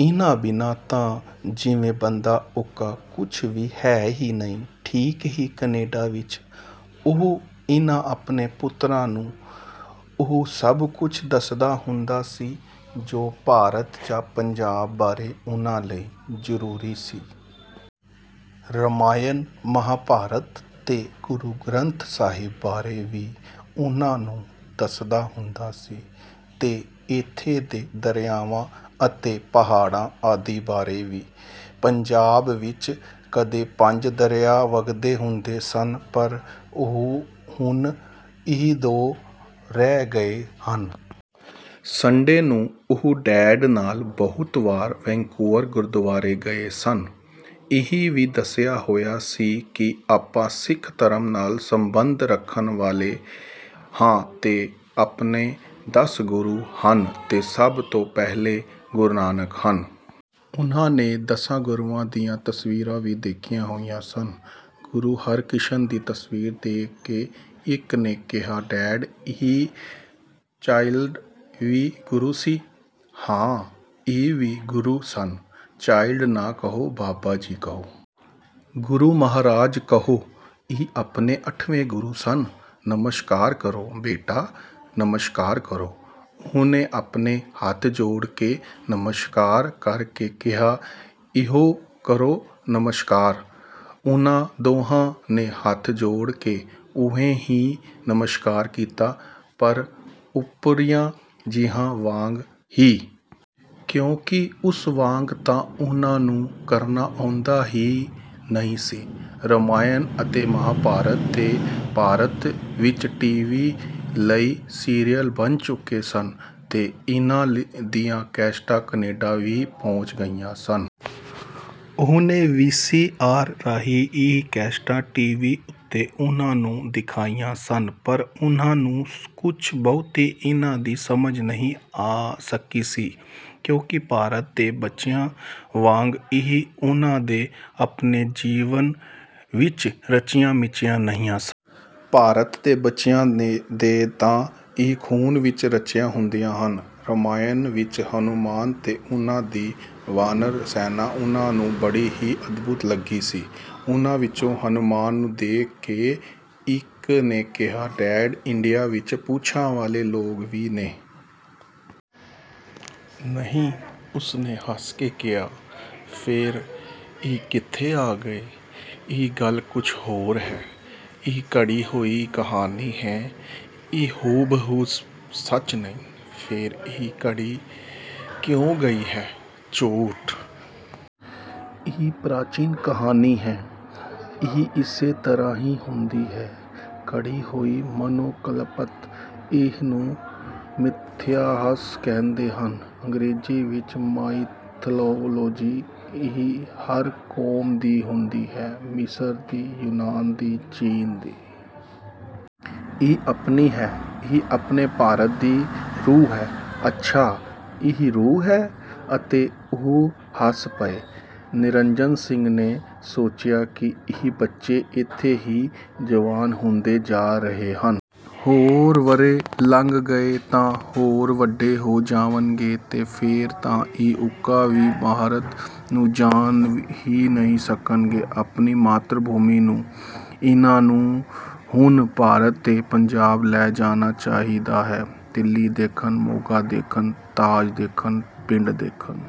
ਇਹਨਾਂ ਬਿਨਾਂ ਤਾਂ ਜਿਵੇਂ ਬੰਦਾ ਉਕਾ ਕੁਝ ਵੀ ਹੈ ਹੀ ਨਹੀਂ। ਠੀਕ ਹੀ, ਕੈਨੇਡਾ ਵਿਚ, ਉਹ ਇਹਨਾਂ ਆਪਣੇ ਪੁੱਤਰਾਂ ਨੂੰ ਉਹ ਸਭ ਕੁੱਝ ਦੱਸਦਾ ਹੁੰਦਾ ਸੀ ਜੋ ਭਾਰਤ ਜਾਂ ਪੰਜਾਬ ਬਾਰੇ ਉਹਨਾਂ ਲਈ ਜ਼ਰੂਰੀ ਸੀ। ਰਾਮਾਇਣ, ਮਹਾਂਭਾਰਤ ਤੇ ਗੁਰੂ ਗਰੰਥ ਸਾਹਿਬ ਬਾਰੇ ਵੀ ਉਹ ਉਹਨਾਂ ਨੂੰ ਦੱਸਦਾ ਹੁੰਦਾ ਸੀ ਤੇ ਏਥੋਂ ਦੇ ਦਰਿਆਵਾਂ ਅਤੇ ਪਹਾੜਾਂ ਆਦਿ ਬਾਰੇ ਵੀ। ਪੰਜਾਬ ਵਿਚ ਕਦੇ ਪੰਜ ਦਰਿਆ ਵੱਗਦੇ ਹੁੰਦੇ ਸਨ ਪਰ ਹੁਣ ਇਹ ਦੋ ਰਹਿ ਗਏ ਹਨ। ਸੰਡੇ ਨੂੰ ਉਹ ਡੈਡ ਨਾਲ ਬਹੁਤ ਵਾਰ ਵੈਨਕੂਵਰ ਗੁਰਦਵਾਰੇ ਗਏ ਸਨ। ਇਹ ਵੀ ਦੱਸਿਆ ਹੋਇਆ ਸੀ ਕਿ ਆਪਾਂ ਸਿੱਖ ਧਰਮ ਨਾਲ ਸੰਬੰਧ ਰੱਖਣ ਵਾਲੇ ਹਾਂ ਤੇ ਆਪਣੇ ਦਸ ਗੁਰੂ ਹਨ ਤੇ ਸਭ ਤੋਂ ਪਹਿਲੇ ਗੁਰੂ ਨਾਨਕ ਹਨ। ਉਹਨਾਂ ਨੇ ਦਸਾਂ ਗੁਰੂਆਂ ਦੀਆਂ ਤਸਵੀਰਾਂ ਵੀ ਦੇਖੀਆਂ ਹੋਈਆਂ ਸਨ। ਗੁਰੂ ਹਰਿਕ੍ਰਿਸ਼ਨ ਦੀ ਤਸਵੀਰ ਦੇਖ ਕੇ ਇੱਕ ਨੇ ਕਿਹਾ: "ਡੈਡ, ਇਹ ਚਾਈਲਡ ਵੀ ਗੁਰੂ ਸੀ? " "ਹਾਂ, ਇਹ ਵੀ ਗੁਰੂ ਸਨ। ਚਾਈਲਡ ਨਾ ਕਹੋ, ਬਾਬਾ ਜੀ ਕਹੋ। ਗੁਰੂ ਮਹਾਰਾਜ ਕਹੋ। ਇਹ ਆਪਣੇ ਅੱਠਵੇਂ ਗੁਰੂ ਸਨ। ਨਮਸਕਾਰ ਕਰੋ ਬੇਟਾ, ਨਮਸਕਾਰ ਕਰੋ। " ਉਹਨੇ ਆਪਣੇ ਹੱਥ ਜੋੜ ਕੇ ਨਮਸਕਾਰ ਕਰ ਕੇ ਕਿਹਾ, "ਇਉਂ ਕਰੋ ਨਮਸਕਾਰ। " ਉਹਨਾਂ ਦੋਹਾਂ ਨੇ ਹੱਥ ਜੋੜ ਕੇ ਉਵੇਂ ਹੀ ਨਮਸਕਾਰ ਕੀਤਾ ਪਰ ਓਪਰਿਆਂ ਜਿਹਾਂ ਵਾਂਗ ਹੀ। ਕਿਉਂਕਿ ਉਸ ਵਾਂਗ ਤਾਂ ਉਹਨਾਂ ਨੂੰ ਕਰਨਾ ਆਉਂਦਾ ਹੀ ਨਹੀਂ ਸੀ। ਰਾਮਾਇਣ ਅਤੇ ਮਹਾਂਭਾਰਤ ਦੇ ਭਾਰਤ ਵਿਚ ਟੀ. ਵੀ. ਲਈ ਸੀਰੀਅਲ ਬਣ ਚੁੱਕੇ ਸਨ ਤੇ ਇਹਨਾਂ ਦੀਆਂ ਕੈਸਟਾਂ ਕੈਨੇਡਾ ਵੀ ਪੁੱਜ ਗਈਆਂ ਸਨ। ਉਹਨੇ ਵੀ. ਸੀ. ਆਰ. ਰਾਹੀਂ ਇਹ ਕੈਸਟਾਂ ਟੀ. ਵੀ. ਉਤੇ ਉਹਨਾਂ ਨੂੰ ਦਿਖਾਈਆਂ ਸਨ ਪਰ ਉਹਨਾਂ ਨੂੰ ਕੁਝ ਬਹੁਤੀ ਇਹਨਾਂ ਦੀ ਸਮਝ ਨਹੀਂ ਆ ਸਕੀ ਸੀ ਕਿਉਂਕਿ ਭਾਰਤ ਦੇ ਬੱਚਿਆਂ ਵਾਂਗ ਇਹ ਉਹਨਾਂ ਦੇ ਆਪਣੇ ਜੀਵਨ ਵਿਚ ਰਚੀਆਂ ਮਿਚੀਆਂ ਨਹੀਂ ਸਨ। ਭਾਰਤ ਦੇ ਬੱਚਿਆਂ ਦੇ ਤਾਂ ਇਹ ਖੂਨ ਵਿਚ ਰਚੀਆਂ ਹੁੰਦੀਆਂ ਹਨ। ਰਾਮਾਇਣ ਵਿਚ ਹਨੂਮਾਨ ਤੇ ਉਹਨਾਂ ਦੀ ਬਾਨਰ ਸੈਨਾ ਉਹਨਾਂ ਨੂੰ ਬੜੀ ਹੀ ਅਦਭੁਤ ਲੱਗੀ ਸੀ। ਉਹਨਾਂ ਵਿਚੋਂ ਹਨੂਮਾਨ ਨੂੰ ਦੇਖ ਕੇ, ਇਕ ਨੇ ਕਿਹਾ ਸੀ: "ਡੈਡ, ਇੰਡੀਆ ਵਿਚ ਪੂਛਾਂ ਵਾਲੇ ਲੋਕ ਵੀ ਨੇ? " "ਨਹੀਂ"। ਉਹਨੇ ਹੱਸ ਕੇ ਕਿਹਾ? " "ਫੇਰ ਇਹ ਕਿਥੋਂ ਆ ਗਏ? " "ਇਹ ਗੱਲ ਕੁਝ ਹੋਰ ਹੈ। ਇਹ ਘੜੀ ਹੋਈ ਕਹਾਣੀ ਹੈ। ਇਹ ਹੁਬਹੂ ਸੱਚ ਨਹੀਂ। " "ਫੇਰ ਇਹ ਘੜੀ ਕਿਉਂ ਗਈ ਹੈ, ਝੂਠ? " "ਇਹ ਪ੍ਰਚੀਨ ਕਹਾਣੀ ਹੈ। ਇਹ ਇਸੇ ਤਰ੍ਹਾਂ ਹੀ ਹੁੰਦੀ ਹੈ। ਘੜੀ ਹੋਈ ਮਨੋਕਲਪਤ। ਇਹਨੂੰ ਮਿਥਿਹਾਸ ਕਹਿੰਦੇ ਹਨ। ਅੰਗਰੇਜ਼ੀ ਵਿਚ ਮਾਈਥਾਲੋਜੀ। ਇਹ ਹਰ ਕੌਮ ਦੀ ਹੁੰਦੀ ਹੈ। ਮਿਸਰ ਦੀ, ਯੂਨਾਨ ਦੀ, ਚੀਨ ਦੀ। ਇਹ ਆਪਣੀ ਹੈ। ਇਹ ਆਪਣੇ ਭਾਰਤ ਦੀ ਰੂਹ ਹੈ। " "ਅੱਛਾ, ਇਹ ਰੂਹ ਹੈ। " ਅਤੇ ਉਹ ਹੱਸ ਪਏ। ਨਿਰੰਜਨ ਸਿੰਘ ਨੇ ਸੋਚਿਆ ਕਿ ਇਹ ਬੱਚੇ ਏਥੇ ਹੀ ਜਵਾਨ ਹੁੰਦੇ ਜਾ ਰਹੇ ਹਨ। ਹੋਰ ਵਰ੍ਹੇ ਲੰਘ ਗਏ ਤਾਂ ਹੋਰ ਵੱਡੇ ਹੋ ਜਾਣਗੇ ਤੇ ਫੇਰ ਤਾਂ ਇਹ ਉਕਾ ਹੀ ਭਾਰਤ ਨੂੰ ਜਾਣ ਹੀ ਨਹੀਂ ਸਕਣਗੇ-ਆਪਣੀ ਮਾਤਰੀ-ਭੂਮੀ ਨੂੰ। ਇਹਨਾਂ ਨੂੰ ਹੁਣ ਭਾਰਤ ਤੇ ਪੰਜਾਬ ਲੈ ਜਾਣਾ ਚਾਹੀਦਾ ਹੈ। ਦਿੱਲੀ ਦੇਖਣ, ਮੋਗਾ ਦੇਖਣ, ਤਾਜ ਦੇਖਣ, ਪਿੰਡ ਦੇਖਣ।